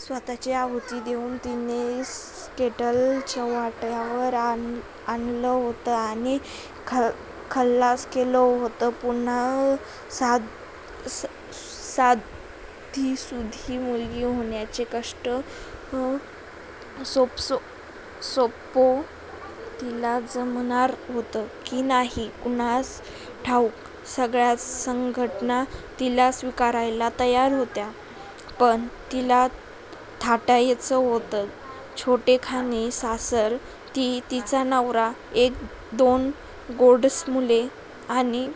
स्वत:ची आहुती देऊन तिने स्कॆंडल चव्हाट्यावर आणलं होतं. आणि खलास केलं होतं. पुन्हा साधीसुधी मुलगी होण्याचे कष्ट सोसणे तिला जमणार होतं. की नाही कुणास ठाऊक? सगळ्याच संघटना तिला स्वीकारायला तयार होत्या. पण तिला थाटायच होता छोटेखानी संसार, ती, तिचा नवरा, एक दोन गोंडस मुले, आणि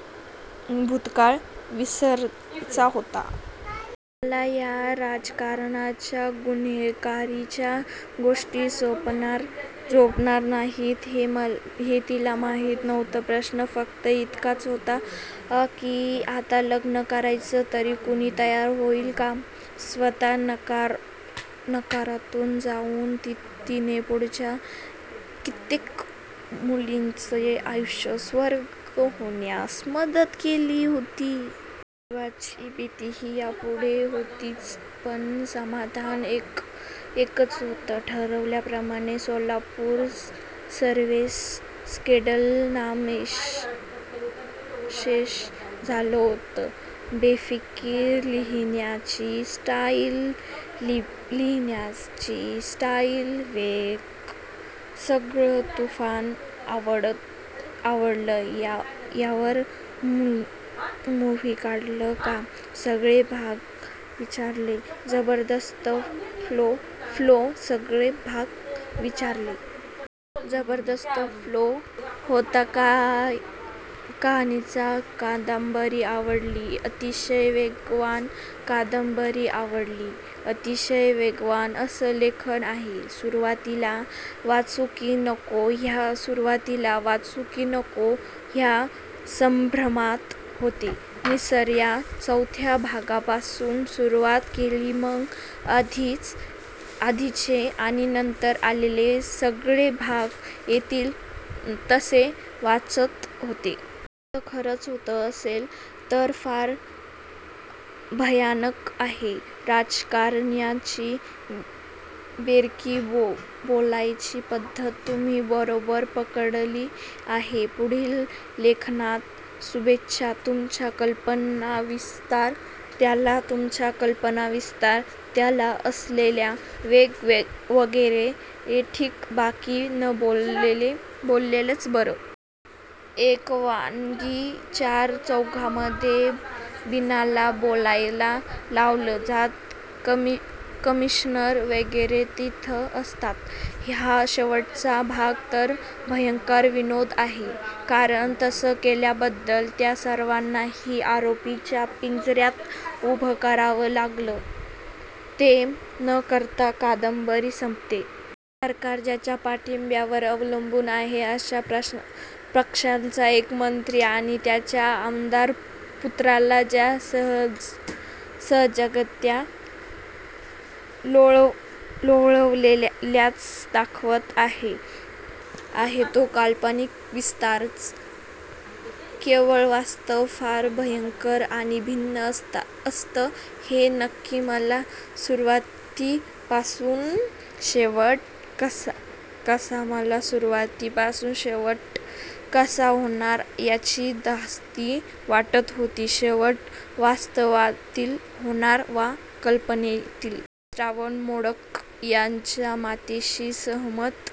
भूतकाळ विसरायचा होता. आपल्याला या राजकारणाच्या, गुन्हेगारीच्या गोष्टी झेपणार नाहीत हे तिला माहीत नव्हतं. प्रश्न फ़क्त इतकाच होता की आता लग्न करायला तरी कुणी तयार होईल का??? स्वत: नरकातून जाऊन तिने पुढच्या कित्येक मुलींचे आयुष्य स्वर्ग होण्यास मदत केली होती. जीवाची भीतीही यापुढे होतीच! पण समाधान एकच होतं. ठरवल्याप्रमाणे सोलापूर सेक्स स्कॆंडल नामशेष झालं होतं! बेफिकीर, लिहिण्याची स्टाईल, लिहिण्याची स्टाईल, वेग सगळ तुफान आवडल. ह्यावर मुव्ही काढाल का?. सगळे भाग वाचले. जबरदस्त फ्लो सगळे भाग वाचले. जबरदस्त फ्लो होता कहाणीचा, कादंबरी आवडली. अतिशय वेगवान कादंबरी आवडली. अतिशय वेगवान असं लेखन आहे. सुरुवातीला वाचु की नको ह्या सुरुवातीला वाचु की नको ह्या संभ्रमात होते. तिसर्या-चौथ्या भागापासून सुरुवात केली. मग आधीचे आणि नंतर आलेले सगळे भाग येतील तसे वाचत होते. असं खरच होत असेल तर फार भयानक आहे. राजकारण्यांची बेरकी बोलायची पद्धत तुम्ही बरोबर पकडली आहे. पुढील लेखनास शुभेच्छा. तुमचा कल्पनाविस्तार, त्याला तुमचा कल्पनाविस्तार, त्याला असलेला वेग वगैरे ठीक. बाकी न बोललेलंच बरं! एक वानगी चार-चौघांमध्ये मीनाला बोलायला लावलं जातं, कमिशनर वगैरे तिथं असतात हा शेवटाचा भाग तर भयंकर विनोद आहे. कारण, तसं केल्याबद्दल त्या सर्वांनाही आरोपीच्या पिंजऱ्यात उभं करावं लागेल. ते न करता कादंबरी संपते. सरकार ज्याच्या पाठिंब्यावर अवलंबून आहे अशा पक्षाचा एक मंत्री आणि त्याच्या आमदार-पुत्राला ज्या सहजगत्या लोळवल्याचं दाखवलं आहे. तो कल्पनाविस्तारच केवळ. वास्तव फार भयंकर आणि भिन्न असतं हे नक्की. मला सुरवाती पासुन शेवट कसा मला सुरवाती पासुन शेवट कसा होणार याची धास्ती वाटत होती, शेवट वास्तवातील होणार वा कल्पनेतील. माझी श्रावण मोडक यांच्या मताशी सहमत.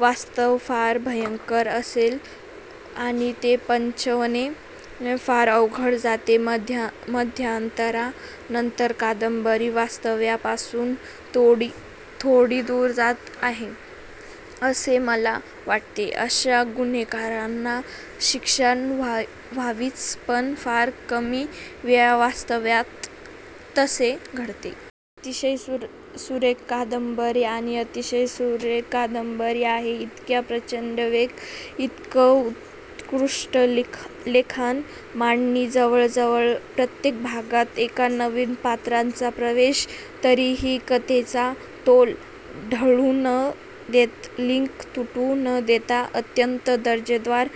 वास्तव फार भयंकर असेल आणि ते पचवणे फार अवघड जाते. मध्यंतरा नंतर कादंबरी वास्तव्या पासुन थोडी दुर जाते आहे. असे मला वाटते. अशा गुन्हेगारांना शिक्षा व्हावीच, पण फार कमी वेळा वास्तव्यात तसे घडते. अतिशय सुरेख कादंबरी आहे. अतिशय सुरेख कादंबरी आहे. इतक्या प्रचंड वेग, इतकं उत्कृष्ट लिखाण, मांडणी, जवळजवळ प्रत्येक भागात एका नवीन पात्राचा प्रवेश, तरीही कथेचा तोल ढळु न देता लिंक तुटू न देता अत्यंत दर्जेदार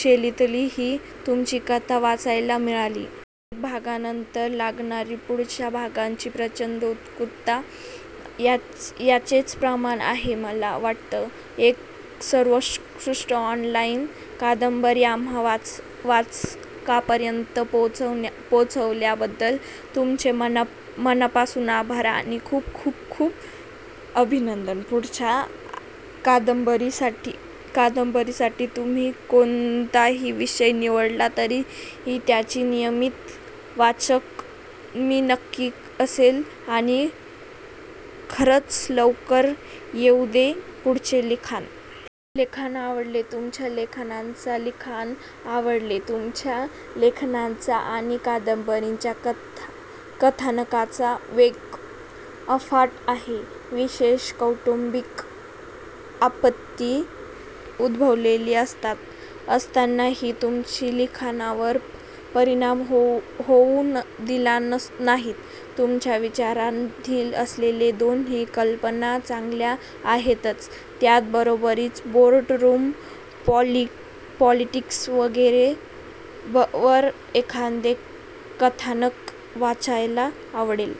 शैलीतली ही तुमची कथा वाचायला मिळाली. प्रत्येक भागानंतर लागणारी पुढच्या भागाची प्रचंड उत्सुकता याचेच प्रमाण आहे मला वाटतं. एक सर्वोत्कृष्ट ऑनलाईन कादंबरी आम्हा वाचकांपर्यंत पोचवल्याबद्दल तुमचे मनापासुन आभार आणि खुप खुप खुप अभिनंदन!!!! पुढच्या कादंबरीसाठी तुम्ही कोणताही विषय निवडला तरी त्याची नियमीत वाचक मी नक्की असेन आणि खरंच लवकर येऊदे पुढचे लिखाण. लिखाण आवडले. तुमच्या लिखाणाचा लिखाण आवडले. तुमच्या लिखाणाचा आणि कादंबरीच्या कथानकाचा वेग अफाट आहे. विशेषत: कौटुंबिक आपत्ती उद्भवलेली असताना ही तुम्ही लिखाणावर परिणाम होउ दिला नाहीत. तुमच्या विचाराधीन असलेले दोन्ही कल्पना चांगल्या आहेतच त्याच बरोबर बोर्ड रुम पॉलिटिक्स वगैरे वर एखादे कथानक वाचायला आवडेल.